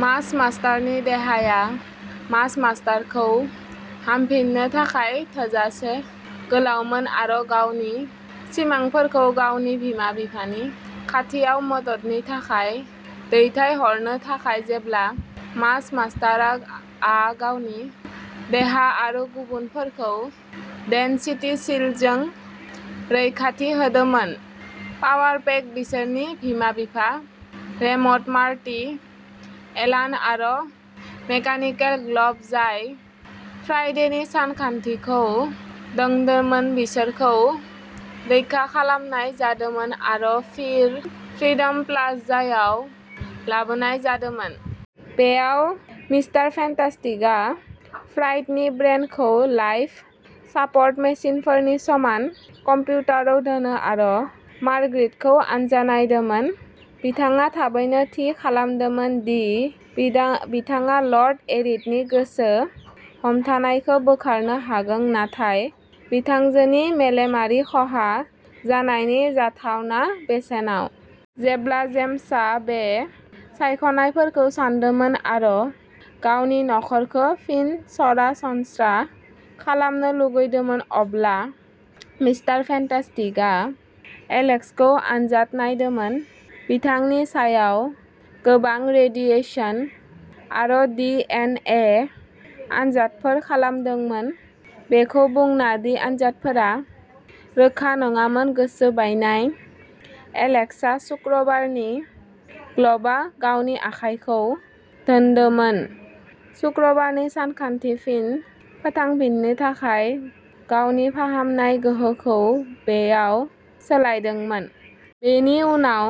मास मास्टारनि देहाया मास मास्टार खौ हामफिन्नो थाखाय थोजासे गोलावमोन आरो गावनि सिमांफोरखौ गावनि बिमा-बिफानि खाथियाव मददनि थाखाय दैथायहरनो थाखाय जेब्ला मास मास्टार आ गावनि देहा आरो गुबुनफोरखौ डेन्सिटि शील्डजों रैखाथि होदोंमोन। पावार पेक, बिसोरनि बिमा-बिफा रेमन्ड, मार्टी एलान आरो मेकानिकेल ग्ल'ब जाय फ्राइडेनि सांग्रांथिखौ दोनदोंमोन, बिसोरखौ रैखा खालामनाय जादोंमोन आरो फोर फ्रिडम्स प्लाजायाव लाबोनाय जादोंमोन। बैयाव मिस्टार फेन्टास्टिकआ फ्राइडेनि ब्रेन खौ लाइफ सापर्ट मेसिनफोरनि समान कम्पिउटाराव दोनो आरो मार्गरेट खौ आनजाद नायदोंमोन। बिथाङा थाबैनो थि खालामदोंमोन दि बिथाङा लर्ड इरिकनि गोसो हमथानायखौ बोखारनो हागोन, नाथाय बिथांजोनि मेलेमारि खहा जानायनि जाथावना बेसेनाव। जेब्ला जेम्स आ बै सायख'नायफोरखौ सानदोंमोन आरो गावनि नखरखौ फिन सरासनस्रा खालामनो लुबैदोंमोन, अब्ला मिस्टार फेन्टास्टिकआ एलेक्स खौ आनजाद नायदोंमोन, बिथांनि सायाव गोबां रेडिएसन आरो डी एन ए आनजादफोर खालामदोंमोन। बेखौ बुंना दि आनजादफोरा रोखा नङामोन, गोसो बायनाय एलेक्स आ सुक्रुबारनि ग्ल'बआव गावनि आखायखौ दोनदोंमोन, शुक्रबारनि सांग्रांथिखौ फिन फोथांफिन्नो थाखाय गावनि फाहामनाय गोहोखौ बेयाव सोलायदोंमोन। बेनि उनाव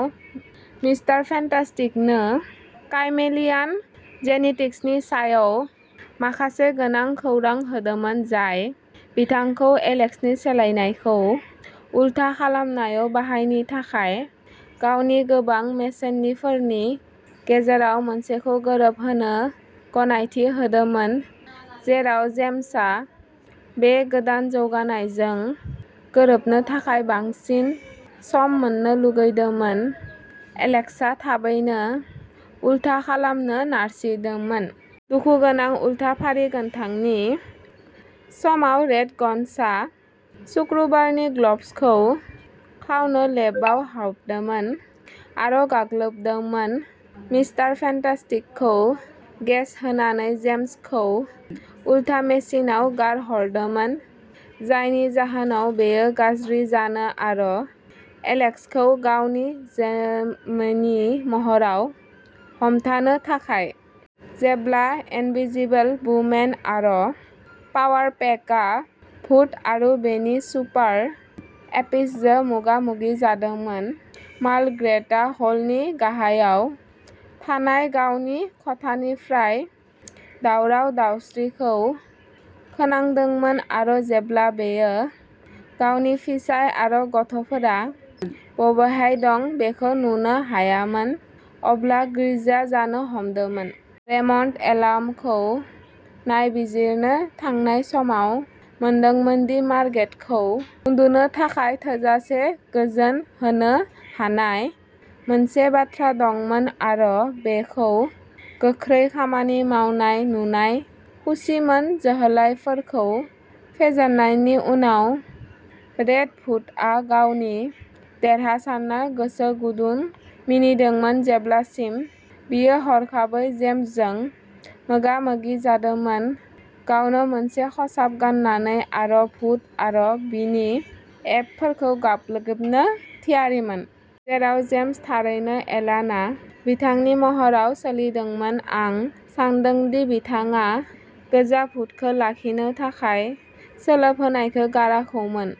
मिस्टार फेन्टास्टिकनो काइमेलियान जेनेटिक्सनि सायाव माखासे गोनां खौरां होदोंमोन, जाय बिथांखौ एलेक्स नि सोलायनायखौ उलथा खालामनायाव बाहायनो थाखाय गावनि गोबां मेसिनफोरनि गेजेराव मोनसेखौ गोरोबहोनो गनायथि होदोंमोन। जेराव जेम्स आ बे गोदान जौगानायजों गोरोबनो थाखाय बांसिन सम मोन्नो लुबैदोंमोन एलेक्स आ थाबैनो उलथा खालामनो नारसिनदोंमोन। दुखुगोनां उलथा फारिखान्थिनि समाव रेड ग'स्ट आ सुक्रुबारनि ग्ल'बखौ खावनो लेबआव हाबदोंमोन आरो गाग्लोबदोंमोन, मिस्टार फेन्टास्टिकखौ गेस होनानै जेम्स खौ उलथा मेसिनआव गारहरदोंमोन, जायनि जाहोनाव बेयो गाज्रि जानो आरो एलेक्स खौ गावनि जोमैनि महराव हमथानो थाखाय। जेब्ला इनविजिबल वुमेन आरो पावार पेकआ भुत आरो बिनि सुपार एपिसजों मोगा-मोगि जादोंमोन, मार्ग्रेटआ हलनि गाहायाव थानाय गावनि खथानिफ्राय दावराव-दावसिखौ खोनादोंमोन आरो जेब्ला बियो गावनि फिसाय आरो गथ'फोरा बबेहाय दं बेखौ नुनो हायाखैमोन, अब्ला गिज्रा जानो हमदोंमोन। रेमन्डआ एलानखौ नायबिजिरनो थांनाय समाव मोनदोंमोन दि मार्ग्रेट खौ उन्दुनो थाखाय थोजासे गोजोन होनो हानाय मोनसे बाथ्रा दंमोन आरो बेखौ गोख्रै खामानि मावनाय नुनानै खुसिमोन। जोहोलावफोरखौ फेजेननायनि उनाव रेड भुतआ गावनि देरहासारनायाव गोसो गुदुं मिनिदोंमोन, जेब्लासिम बियो हरखाबै जेम्स जों मोगा-मोगि जादोंमोन, गावनो मोनसे खसाब गाननानै आरो भुत आरो बिनि एपफोरखौ गाग्लोबनो थियारिमोन। जेराव जेम्स थारैनो एलानआ बिथांनि महराव सोलिदोंमोन आं सान्दों दि बिथाङा गोजा भुतखौ लाखिनो थाखाय सोलिबोनायखौ गाराखैमोन।